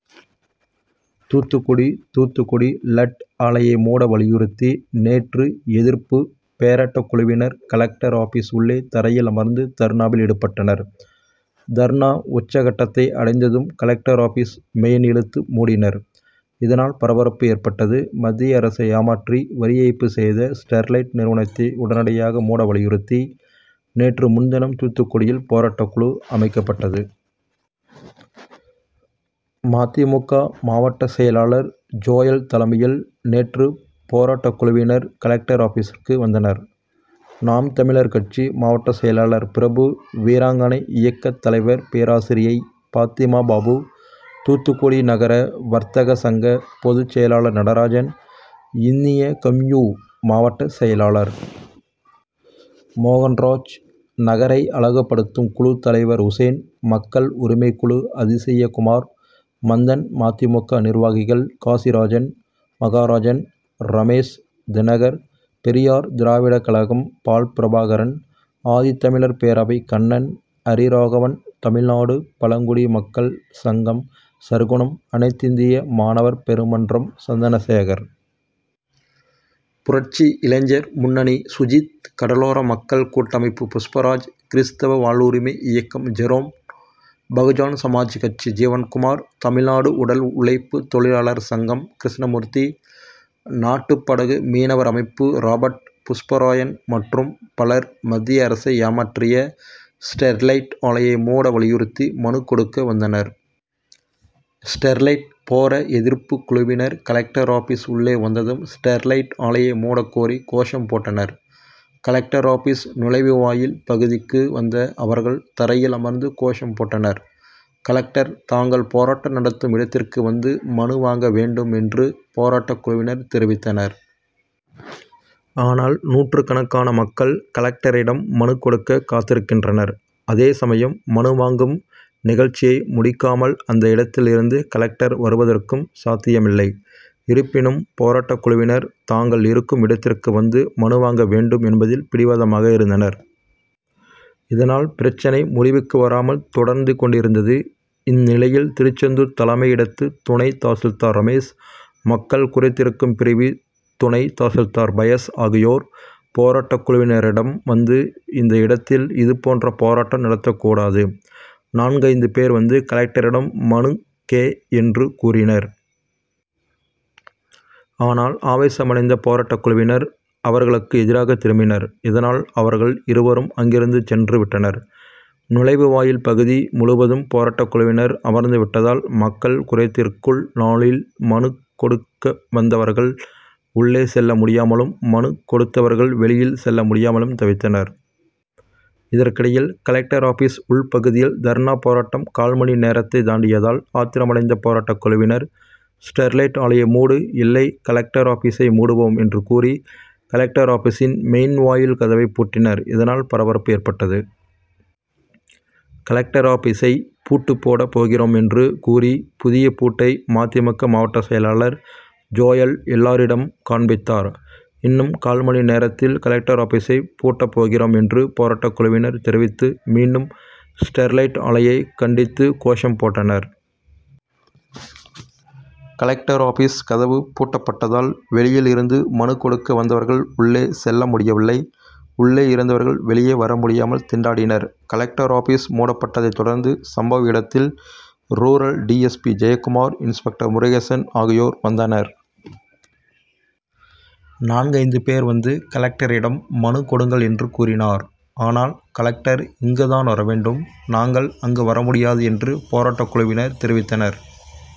தூத்துக்குடி தூத்துக்குடி லட் ஆலையை மூட வலியுறுத்தி நேற்று எதிர்ப்பு பேரா ட்டக்குழுவினர் கலெக்டர் ஆபிஸ் உள்ளே தரையில் அமர்ந்து தர்ணாவில் ஈடுபட்டனர். தர்ணா உச்சகட்டத்தை அடைந்ததும் கலெ க்டர் ஆபிஸ் மெயின் இழுத்து மூடினர். இதனால் பரபரப்பு ஏற்பட்டது. மத்திய அரசை ஏமாற்றி வரிஏய்ப்பு செய்த ஸ்டெ ர்லைட் நிறுவனத்தை உடனடியாக மூட வலியுறுத்தி நேற்று முன்தினம் தூத்துக்குடியில் போராட்டக்குழு அமைக்கப்பட்டது. மதிமுக மாவட்ட செயலாளர் ஜோயல் தலைமையில் நேற்று போராட்டக்குழுவினர் கலெக்டர் ஆபிசிற் கு வந்தனர். நாம் தமிழர் கட்சி மாவட்ட செயலாளர் பிரபு, வீராங்கனை இயக்கத் தலைவர் பேராசிரியை பாத்திமாபாபு, தூத்துக்குடி நகர வர்த்தக சங்க பொதுச் செயலாளர் நடராஜன், இந்திய கம்யு., மாவட்ட செயலாளர் மோகன்ராஜ், நகரை அழகுபடுத்தும் குழு தலைவர் உசேன், மக்கள் உரிமைக்கு ழு அதிசயகுமார், மந்தன், மதிமுக நிர்வாகிகள் காசிராஜன், மகராஜன், ரமேஷ், தினகர், பெரியார் திராவிட கழகம் பால்பிரபாகரன், ஆதித்தமிழர் பேரவை கண்ணன், ஹரிராகவன், தமிழ்நாடு பழங்குடி மக்கள் சங்கம் சற்குணம், அனைத்திந்திய மாணவர் பெருமன்றம் சந்தனசேகர், புரட்சி இளைஞர் முன்ன ணி சுஜித், கடலோர மக்கள் கூட்டமைப்பு புஷ்பராஜ், கிறிஸ்தவ வாழ்வுரிமை இய க்கம் ஜெரோம், பகுஜன் சமாஜ் கட்சி ஜீவன்குமார், தமிழ்நாடு உடல் உழைப்பு தொழிலாளர் சங்கம் கிருஷ்ணமூர்த்தி, நாட்டு படகு மீனவர் அமைப்பு ராபர்ட், புஷ்பராயன் மற்றும் பலர் மத்திய அரசை ஏமாற்றிய ஸ் டெர்லைட் ஆலையை மூ ட வலியுறுத்தி மனுக் கொ டுக்க வந்தனர். ஸ்டெர்லைட் போர எதிர்ப்பு குழுவினர் கலெக்டர் ஆபிஸ் உள்ளே வந்ததும் ஸ்டெர்லைட் ஆலையை மூடக்கோரி கோஷம்போட்டனர். கலெ க்டர் ஆபிஸ் நுழைவு வா யில் பகுதிக்கு வந்த அவர்கள் தரையில் அமர்ந்து கோ ஷம் போட்டனர். கலெக்டர் தாங்கள் போராட்டம் நடத்தும் இடத்திற்கு வந்து மனு வாங்க வேண்டும் என் று போராட்ட குழுவினர் தெரிவித்தனர். ஆனால் நூற்றுக்கணக்கான மக்கள் கலெ க்டரிடம் மனுக் கொடுக்க காத்திருக்கின்றனர். அதே சமயம் மனு வாங்கும் நிக ழ்ச்சியை முடிக்காமல் அந்த இடத்தில் இருந்து கலெக்டர் வருவதற்கும் சாத்தியமி ல்லை. இருப்பினும் போ ராட்டக்குழுவினர் தாங்கள் இருக்கும் இடத்திற்கு வந்து மனுவாங்க வேண்டும் என்பதில் பிடிவாதமாக இருந்தனர். இதனால் பிரச்னை மு டிவுக்கு வராமல் தொடர்ந்து கொண்டிருந்தது. இந் நிலையில் திருச்செந்தூர் தலைமை இடத்து துணை தாசில்தார் ரமேஷ், மக்கள் குறைதீர்க்கும் பிரிவு துணை தாசில்தார் பயஸ் ஆகியோர் போராட்டக்குழவினரிடம் வந்து இந்த இட த்தில் இதுபோன்று போ ராட்டம் நடத்த கூடாது. நான்கைந்து பேர் வந்து கலெக்டரிடம் மனுக் கெ என்று கூறினர். ஆனால் ஆவேசமடைந்த போராட்டக்குழுவினர் அவ ர்களுக்கு எதிராக திரும்பினர். இதனால் அவர்கள் இ ருவரும் அங்கிருந்து சென்று விட்டனர். நுழைவு வாயில் பகுதி முழுவதும் போராட்டக்குழுவினர் அமர்ந்து விட்டதால் மக்கள் குறைதீர்க்குள் நாளில் மனுக் கொடுக்க வந்தவர்கள் உள்ளே செல்ல முடியாமலும், மனுக் கொ டுத்தவர்கள் வெளியில் செ ல்ல முடியாமலும் தவித்தனர். இதற்கிடையில் கலெக்டர் ஆபிஸ் உள் பகுதியில் தர்ணா போராட்டம் கால் மணி நேரத்தை தாண்டியதால் ஆத்திரமடைந்த போ ராட்டக்குழுவினர் ஸ்டெர்லைட் ஆலையை மூடு, இல்லை கலெக்டர் ஆபி சை மூடுவோம் என்று கூறி, கலெக்டர் ஆபிசின் மெ யின் வாயில் கதவை பூட்டினர். இதனால் பரபரப்பு ஏற்பட்டது. கலெக்டர் ஆபிசை பூட்டு போடப் போகிறோம் என்று கூறி புதிய பூட்டை மதிமுக மாவட்ட செயலாளர் ஜோயல் எல்லோரிடம் காண்பித்தார். இன்னும் கால் மணி நேரத்தில் கலெக்டர் ஆபிசை பூட்டப் போகிறோம் என்று போராட்டக்குழுவினர் தெரிவித்து மீண்டும் ஸ்டெர்லைட் ஆ லையை கண்டித்து கோஷம் போட்டனர். கலெக்டர் ஆபி ஸ் கதவு பூட்டப்பட்டதால் வெளியில் இருந்து மனுக் கொடுக்க வந்தவர்கள் உள் ளே செல்ல முடியவில்லை. உள்ளே இருந்தவர்கள் வெ ளியே வர முடியாமல் திண்டாடினர். கலெக்டர் ஆபிஸ் மூடப்பட்டதை தொடர்ந்து சம்பவ இடத்தில் rural D. S. P Jayakumar, inspector Murugesan ஆகியோர் வந்தனர். நான்கைந்து பேர் வந்து கலெக்டரிடம் மனுக் கொடுங்கள் என்று கூறினார். ஆனால் கலெக்டர் இங்கு தான் வரவேண்டும். நாங்கள் அங்கு வரமுடியாது என்று போராட்டக்குழுவினர் தெரிவித்தனர்.